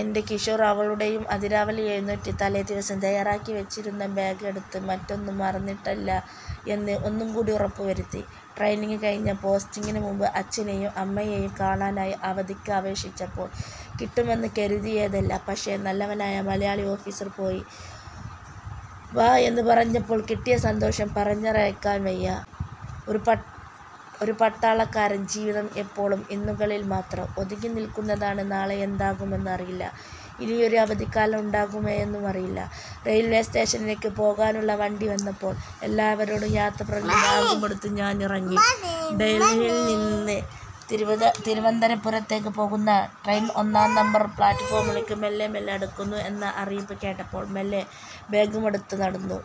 എന്റെ കിഷോർ അവളുടെയും അതിരാവിലെ എഴുന്നേറ്റ് തലേദിവസം തയാറാക്കി വച്ചിരിക്കുന്ന ബാഗ് എടുത്ത് മറ്റൊന്നും മറന്നിട്ടില്ലായെന്ന് ഒന്നുകൂടി ഉറപ്പുവരുത്തി. ട്രെയ്നിങ് കഴിഞ്ഞ് പോസ്റ്റിങ്ങിനു മുമ്പ് അച്ഛനെയും അമ്മയെയും കാണാനായി അവധിക്ക് അപേക്ഷിച്ചപ്പോൾ കിട്ടുമെന്ന് കരുതിയതല്ല. പക്ഷേ നല്ലവനായ മലയാളി ഓഫിസർ പോയി വാ എന്നുപറഞ്ഞപ്പോൾ കിട്ടിയ സന്തോഷം പറഞ്ഞറിയിക്കാൻ വയ്യാ. ഒരു പട്ടാളക്കാരന്റെ ജീവിതം എപ്പോഴും ഇന്നുകളിൽ മാത്രം ഒതുങ്ങിനിൽക്കുന്നതാണ് നാളെ എന്താകുമെന്ന് അറിയില്ല. ഇനിയൊരു അവധിക്കാലം ഉണ്ടാകുമോയെന്നും അറിയില്ല. റെയിൽവേ സ്റ്റേഷനിലേക്ക് പോകാനുള്ള വണ്ടി വന്നപ്പോൾ എല്ലാവരോടും യാത്ര പറഞ്ഞ് ബാഗുമെടുത്ത് ഞാൻ ഇറങ്ങി. ഡൽഹിയിൽ നിന്ന് തിരുവന്തപുരത്തേക്ക് പോകുന്ന ട്രെയിൻ ഒന്നാം നമ്പർ പ്ലാറ്റ്ഫോമിലേക്ക് മെല്ലെ മെല്ലെ അടുക്കുന്നു എന്ന അറിയിപ്പ് കേട്ടപ്പോൾ മെല്ലെ ബാഗുമെടുത്ത് നടന്നു.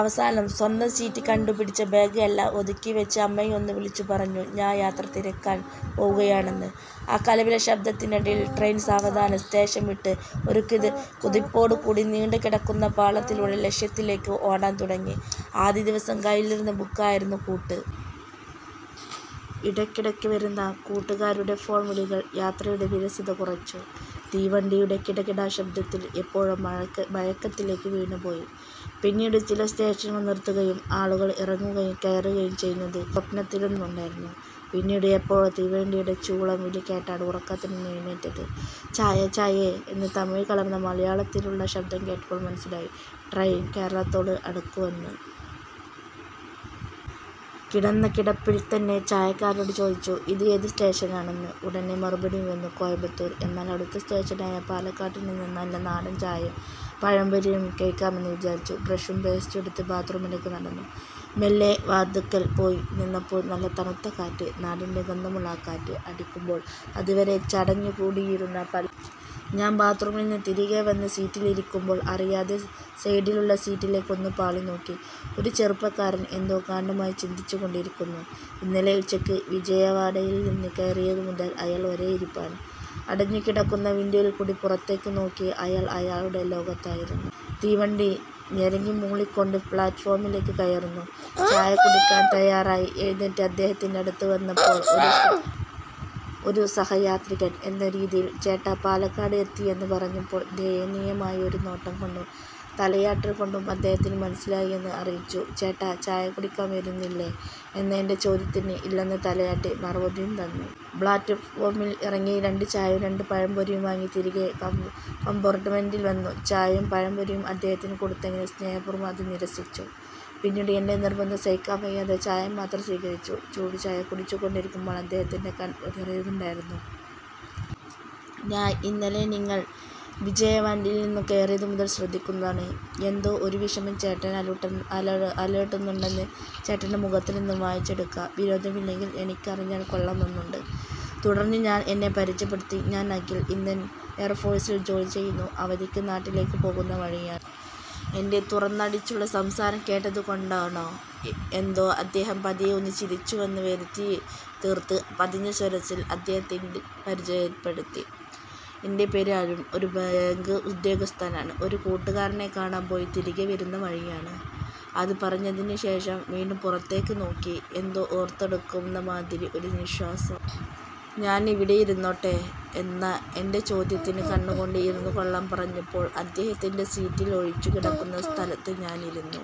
അവസാനം സ്വന്തം സീറ്റ് കണ്ടുപിടിച്ച് ബാഗ് എല്ലാം ഒതുക്കിവച്ച് അമ്മയെ ഒന്ന് വിളിച്ചു പറഞ്ഞു ഞാൻ യാത്ര തിരിക്കാൻ പോകുകയാണെന്ന്. ആ കലപില ശബ്ദത്തിനിടയിൽ ട്രെയിൻ സാവധാനം സ്റ്റേഷൻ വിട്ട് ഒരു കുതിപ്പോടുകൂടി നീണ്ടുകിടക്കുന്ന പാളത്തിലൂടെ ലക്ഷ്യത്തിലേക്ക് ഓടാൻതുടങ്ങി. ആദ്യദിവസം കൈയിലിരുന്ന ബുക്ക് ആയിരുന്നു കൂട്ട്. ഇടക്കിടക്ക് വരുന്ന കൂട്ടുകാരുടെ ഫോൺ വിളികൾ യാത്രയുടെ വിരസത കുറച്ചു. തീവണ്ടിയുടെ കിടകിട ശബ്ദത്തിൽ എപ്പോഴോ മയക്കത്തിലേക്ക് വീണുപോയി. പിന്നീട് ചില സ്റ്റേഷനുകളിൽ നിർത്തുകയും ആളുകൾ ഇറങ്ങുകയും കയറുകയും ചെയ്യുന്നത് ഏതോ സ്വപ്നത്തിലെന്നപോലെ നടക്കുന്നുണ്ടായിരുന്നു. പിന്നീട് എപ്പോഴോ തീവണ്ടിയുടെ ചൂളംവിളി കേട്ടാണ് ഉറക്കത്തിൽനിന്ന് എഴുന്നേറ്റത്. ചായ ചായേ എന്ന് തമിഴ് കലർന്ന മലയാളത്തിലുള്ള ശബ്ദം കേട്ടപ്പോൾ മനസിലായി ട്രെയിൻ കേരളത്തോട് അടുക്കുന്നുവെന്ന്. കിടന്ന കിടപ്പിൽ തന്നെ ചായക്കാരനോട് ചോദിച്ചു ഇത് ഏതു സ്റ്റേഷനാണെന്ന്, ഉടനെ മറുപടിയും വന്നു കോയമ്പത്തൂർ. എന്നാൽ അടുത്ത സ്റ്റേഷനായ പാലക്കാടുനിന്ന് നല്ല നാടൻ ചായയും പഴംപൊരിയും കഴിക്കാമെന്ന് വിചാരിച്ച് ബ്രെഷും പേസ്റ്റും എടുത്ത് ബാത്റൂമിലേക്ക് നടന്നു. മെല്ലെ വാതുക്കൽ പോയി നിന്നപ്പോൾ നല്ല തണുത്ത കാറ്റ്, നാടിന്റെ ഗന്ധമുള്ള ആ കാറ്റ് അടിക്കുമ്പോൾ അതുവരെ ചടഞ്ഞുകൂടിയിരുന്ന പലരുടെയും മുഖത്ത് സന്തോഷം വിടരുന്നത്ത് കാണാം. ഞാൻ ബാത്റൂമിൽ നിന്ന് തിരികെ വന്ന് സീറ്റിൽ ഇരിക്കുമ്പോൾ അറിയാതെ സൈഡിലുള്ള സീറ്റിലേക്ക് ഒന്ന് പാളിനോക്കി. ഒരു ചെറുപ്പക്കാരൻ എന്തോ ഗാഢമായി ചിന്തിച്ചുകൊണ്ടിരിക്കുന്നു. ഇന്നലെ ഉച്ചക്ക് വിജയവാഡയിൽ നിന്ന് കയറിയതുമുതൽ അയാൾ ഒരേ ഇരിപ്പാണ്. അടഞ്ഞുകിടക്കുന്ന വിൻഡോയിൽ കൂടി പുറത്തേക്ക് നോക്കി അയാൾ അയാളുടെ ലോകത്തിരിക്കുന്നു. തീവണ്ടി ഞരങ്ങിമൂളികൊണ്ട് പ്ലാറ്റ്ഫോമിലേക്ക് കയറുന്നു. ചായകുടിക്കാൻ തയ്യാറായി എഴുന്നേറ്റ് അദ്ദേഹത്തിന്റെ അടുത്ത് വന്നപ്പോൾ ഒരു സഹയാത്രികൻ എന്ന രീതിയിൽ ചേട്ടാ പാലക്കാട് എത്തി എന്നു പറഞ്ഞപ്പോൾ ദയനീയമായ ഒരു നോട്ടംകൊണ്ടും തലയാട്ടാലുകൊണ്ടും അദ്ദേഹത്തിന് മനസിലായി എന്ന് അറിയിച്ചു ചേട്ടാ ചായ കുടിക്കാൻ വരുന്നില്ലേ എന്ന എന്റെ ചോദ്യത്തിന്, ഇല്ലെന്ന് തലയാട്ടി മറുപടി തന്നു. പ്ലാറ്റ്ഫോമിൽ ഇറങ്ങി രണ്ട് ചായയും രണ്ട് പഴംപൊരിയും വാങ്ങി തിരികെ കംപാർട്മെന്റിൽ വന്നു. ചായയും പഴംപൊരിയും അദ്ദേഹത്തിന് കൊടുത്തെങ്കിലും സ്നേഹപൂർവം അത് നിരസിച്ചു. പിന്നീട് എന്റെ നിർബന്ധം സഹിക്കവയ്യാതെ ചായ മാത്രം സീകരിച്ചു. ചൂടുചായ കുടിച്ചുകൊണ്ടിരിക്കുമ്പോൾ അദ്ദേഹത്തിന്റെ കണ്ണുകൾ നിറയുന്നുണ്ടോയെന്നൊരു സംശയം. ഞാൻ രണ്ടും കല്പിച്ച് അദ്ദേഹത്തോട് ചോദിച്ചു. ഞാൻ ഇന്നലെ നിങ്ങൾ വിജയവാഡയിൽ നിന്ന് കയറിയതുമുതൽ ശ്രദ്ധിക്കുന്നതാണ്, എന്തോ ഒരു വിഷമം ചേട്ടനെ അലട്ടുന്നുണ്ടെന്ന് ചേട്ടന്റെ മുഖത്തുനിന്നും വായിച്ചെടുക്കാം. വിരോധമില്ലെങ്കിൽ എനിക്ക് അറിഞ്ഞാൽ കൊള്ളാമെന്നുണ്ട്. തുടർന്ന് ഞാൻ എന്നെ പരിചയപ്പെടുത്തി. ഞാൻ അഖിൽ ഇന്ത്യൻ എയർഫോഴ്സിൽ ജോലി ചെയ്യുന്നു, അവധിക്ക് നാട്ടിലേക്ക് പോകുന്ന വഴിയാണ്. എന്റെ തുറന്നടിച്ചുള്ള സംസാരം കേട്ടതുകൊണ്ടാണോ എന്തോ അദ്ദേഹം പതിയെ ഒന്ന് ചിരിച്ചുവെന്ന് വരുത്തിത്തീർത്ത് പതിഞ്ഞ സ്വരത്തിൽ അദ്ദേഹത്തെ പരിചയപ്പെടുത്തി, എന്റെ പേര് അരുൺ, ഒരു ബാങ്ക് ഉദ്യോഗസ്ഥനാണ്. ഒരു കൂട്ടുകാരനെ കാണാൻ പോയി തിരികെ വരുന്ന വഴിയാണ്. അത് പറഞ്ഞതിനുശേഷം വീണ്ടും പുറത്തേക്ക് നോക്കി എന്തോ ഓർത്തെടുക്കുന്നമാതിരി ഒരു നിശ്വാസം. ഞാൻ ഇവിടെ ഇരുന്നോട്ടെ എന്ന എന്റെ ചോദ്യത്തിന്ന് കണ്ണുകൊണ്ട് ഇരുന്നുകൊള്ളാൻ പറഞ്ഞപ്പോൾ അദ്ദേഹത്തിന്റെ സീറ്റിൽ ഒഴിഞ്ഞു കിടക്കുന്ന സ്ഥലത്ത് ഞാൻ ഇരുന്നു.